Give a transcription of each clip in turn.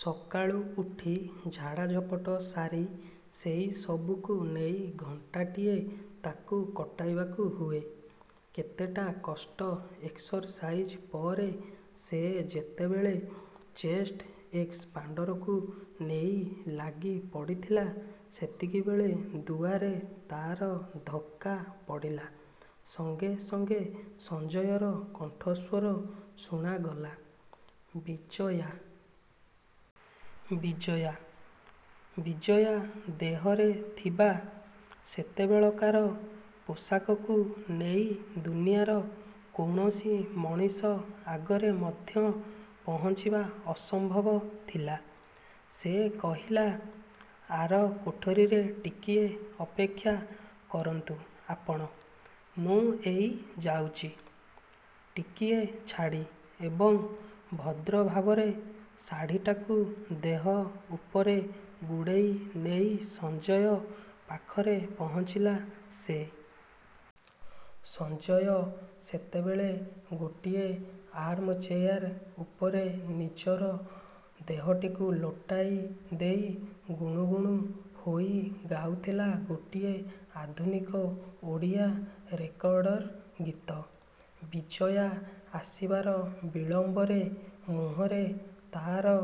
ସକାଳୁ ଉଠି ଝାଡ଼ାଝପଟ ସାରି ସେଇ ସବୁକୁ ନେଇ ଘଣ୍ଟାଟିଏ ତାକୁ କଟାଇବାକୁ ହୁଏ। କେତେଟା କଷ୍ଟ ଏକ୍ସରସାଇଜ୍ ପରେ ସେ ଯେତେବେଳେ ଚେଷ୍ଟ ଏକ୍ସପାଣ୍ତରକୁ ନେଇ ଲାଗି ପଡ଼ିଥିଲା ସେତିକିବେଳେ ଦୁଆରେ ତା'ର ଧକ୍କା ପଡ଼ିଲା ସଙ୍ଗେ ସଙ୍ଗେ ସଞ୍ଜୟର କଣ୍ଠସ୍ଵର ଶୁଣାଗଲା— "ବିଜୟା……. ବିଜୟା! '' ବିଜୟା ଦେହରେ ଥିବା ସେତେବେଳକାର ପୋଷାକକୁ ନେଇ ଦୁନିଆର କୌଣସି ମଣିଷ ଆଗରେ ମଧ୍ୟ ପହଞ୍ଚିବା ଅସମ୍ଭବ ଥିଲା। ସେ କହିଲା— "ଆର କୋଠରୀରେ ଟିକିଏ ଅପେକ୍ଷା କରନ୍ତୁ ଆପଣ। ମୁଁ ଏଇ ଯାଉଚି। '' ଟିକିଏ ଛାଡ଼ି, ଏବଂ ଭଦ୍ରଭାବରେ ଶାଢ଼ିଟାକୁ ଦେହ ଉପରେ ଗୁଡ଼େଇ ନେଇ ସଞ୍ଜୟ ପାଖରେ ପହଞ୍ଚିଲା ସେ। ସଞ୍ଜୟ ସେତେବେଳେ ଗୋଟିଏ ଆର୍ମଚେୟାର ଉପରେ ନିଜର ଦେହଟିକୁ ଲୋଟାଇ ଦେଇ ଗୁଣୁ ଗୁଣୁ ହୋଇ ଗାଉଥିଲା ଗୋଟିଏ ଆଧୁନିକ ଓଡ଼ିଆ ରେକର୍ଡ଼ର ଗୀତ। ବିଜୟା ଆସିବାର ବିଳମ୍ଵରେ ମୁହଁରେ ତା'ର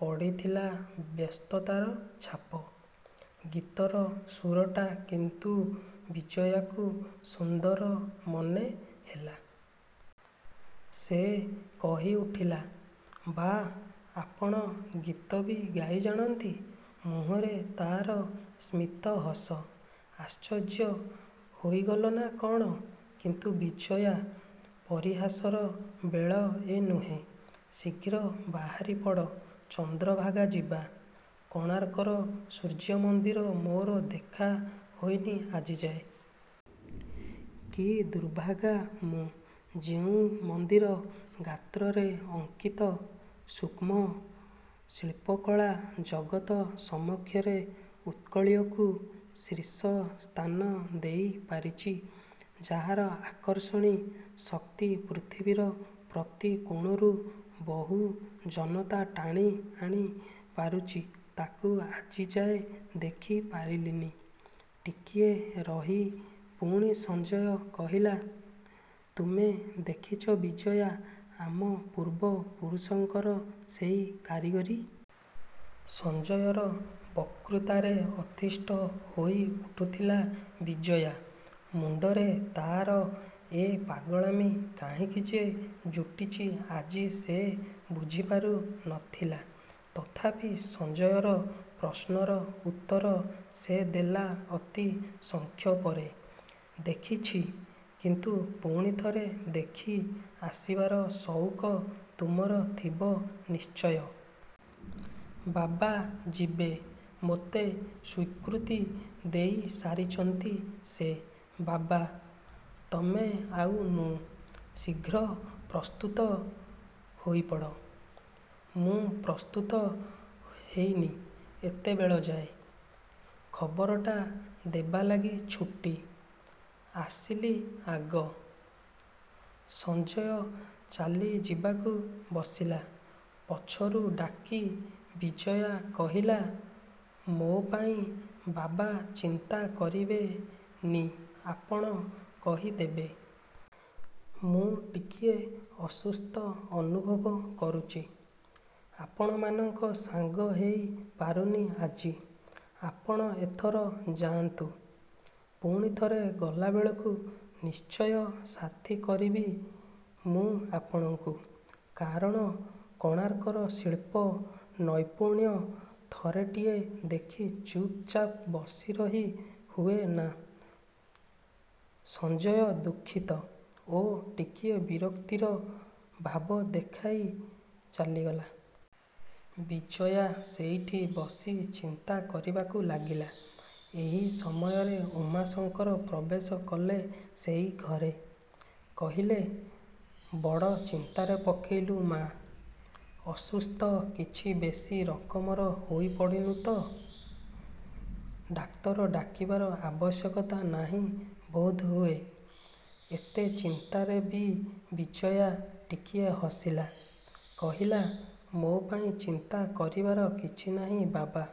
ପଡ଼ିଥିଲା ବ୍ୟସ୍ତତାର ଛାପ। ଗୀତର ସୁରଟା କିନ୍ତୁ ବିଜୟାକୁ ସୁନ୍ଦର ମନେ ହେଲା। ସେ କହି ଉଠିଲା— "ବାଃ, ଆପଣ ଗୀତ ବି ଗାଇ ଜାଣନ୍ତି" ମୁହଁରେ ତା'ର ସ୍ମିତ ହସ। "ଆଶ୍ଚର୍ଯ୍ୟ ହୋଇଗଲ ନା କଣ? କିନ୍ତୁ ବିଜୟା! ପରିହାସର ବେଳ ଏ ନୁହେଁ। ଶିଘ୍ର ବାହାରି ପଡ଼। ଚନ୍ଦ୍ର ଭାଗା ଯିବା। କୋଣାର୍କର ସୂର୍ଯ୍ୟ ମନ୍ଦିର ମୋର ଦେଖା ହୋଇନି ଆଜିଯାଏ। କି ଦୁର୍ଭାଗା ମୁଁ। ଯେଉଁ ମନ୍ଦିର ଗାତ୍ରରେ ଅଙ୍କିତ ସୂକ୍ଷ୍ମ ଶିଳ୍ପକଳା ଜଗତ ସମକ୍ଷରେ ଉତ୍କଳୀୟକୁ ଶୀର୍ଷ ସ୍ଥାନ ଦେଇ ପାରିଚି, ଯାହାର ଆକର୍ଷଣୀ ଶକ୍ତି ପୃଥିବୀର ପ୍ରତି କୋଣରୁ ବହୁ ଜନତା ଟାଣି ଆଣି ପାରୁଚି ତାକୁ ଆଜିଯାଏ ଦେଖି ପାରିଲିନି। '' ଟିକିଏ ରହି ପୁଣି ସଞ୍ଜୟ କହିଲା— "ତୁମେ ଦେଖିଚ ବିଜୟା, ଆମ ପୂର୍ବ ପୁରୁଷଙ୍କର ସେଇ କାରିଗରୀ? '' ସଞ୍ଜୟର ବକୃତାରେ ଅତିଷ୍ଠ ହୋଇ ଉଠୁଥିଲା ବିଜୟା। ମୁଣ୍ତରେ ତା'ର ଏ ପାଗଳାମି କାହିଁକି ଯେ ଯୁଟିଚି ଆଜି ସେ ବୁଝିପାରୁ ନ ଥିଲା। ତଥାପି ସଞ୍ଜୟର ପ୍ରଶ୍ନର ଉତ୍ତର ସେ ଦେଲା ଅତି ସଂକ୍ଷପରେ "ଦେଖିଛି। '' "କିନ୍ତୁ ପୁଣିଥରେ ଦେଖି ଆସିବାର ସଉକ ତମର ଥିବ ନିଶ୍ଚୟ। ବାବା ଯିବେ। ମୋତେ ସ୍ଵୀକୃତି ଦେଇ ସାରିଚନ୍ତି ସେ। ବାବା, ତମେ ଆଉ ମୁଁ। ଶିଘ୍ର ପ୍ରସ୍ତୁତ ହୋଇପଡ଼। ମୁଁ ପ୍ରସ୍ତୁତ ହେଇନି ଏତେବେଳଯାଏ। ଖବରଟା ଦେବାଲାଗି ଛୁଟି। ଆସିଲି ଆଗ। '' ସଞ୍ଜୟ ଚାଲି ଯିବାକୁ ବସିଲା। ପଛରୁ ଡାକି ବିଜୟା କହିଲା—"ମୋ ପାଇଁ ବାବା ଚିନ୍ତା କରିବେ ନି ଆପଣ କହି ଦେବେ। ମୁଁ ଟିକିଏ ଅସୁସ୍ଥ ଅନୁଭବ କରୁଚି। ଆପଣମାନଙ୍କ ସାଙ୍ଗ ହେଇ ପାରୁନି ଆଜି। ଆପଣ ଏଥର ଯାଆନ୍ତୁ। ପୁଣିଥରେ ଗଲାବେଳକୁ ନିଶ୍ଚୟ ସାଥି କରିବି ମୁଁ ଆପଣଙ୍କୁ। କାରଣ କୋଣାର୍କର ଶିଳ୍ପ ନୈପୁଣ୍ୟ ଥରେଟିଏ ଦେଖି ଚୁପ ଚାପ୍ ବସିରହି ହୁଏ ନା। '' ସଞ୍ଜୟ ଦୁଃଖିତ ଓ ଟିକିଏ ବିରକ୍ତିର ଭାବ ଦେଖାଇ ଚାଲିଗଲା। ବିଜୟା ସେଇଠି ବସି ଚିନ୍ତା କରିବାକୁ ଲାଗିଲା। ଏହି ସମୟରେ ଉମାଶଙ୍କର ପ୍ରବେଶ କଲେ ସେଇ ଘରେ। କହିଲେ— "ବଡ଼ ଚିନ୍ତାରେ ପକେଇଲୁ ମା! ଅସୁସ୍ଥ କିଛି ବେଶି ରକମର ହୋଇ ପଡ଼ିନୁ ତ? ଡାକ୍ତର ଡାକିବାର ଆବଶ୍ୟକତା ନାହିଁ ବୋଧହୁଏ? '' ଏତେ ଚିନ୍ତାରେ ବି ବିଜୟା ଟିକିଏ ହସିଲା। କହିଲା "ମୋ ପାଇଁ ଚିନ୍ତା କରିବାର କିଛି ନାହିଁ ବାବା!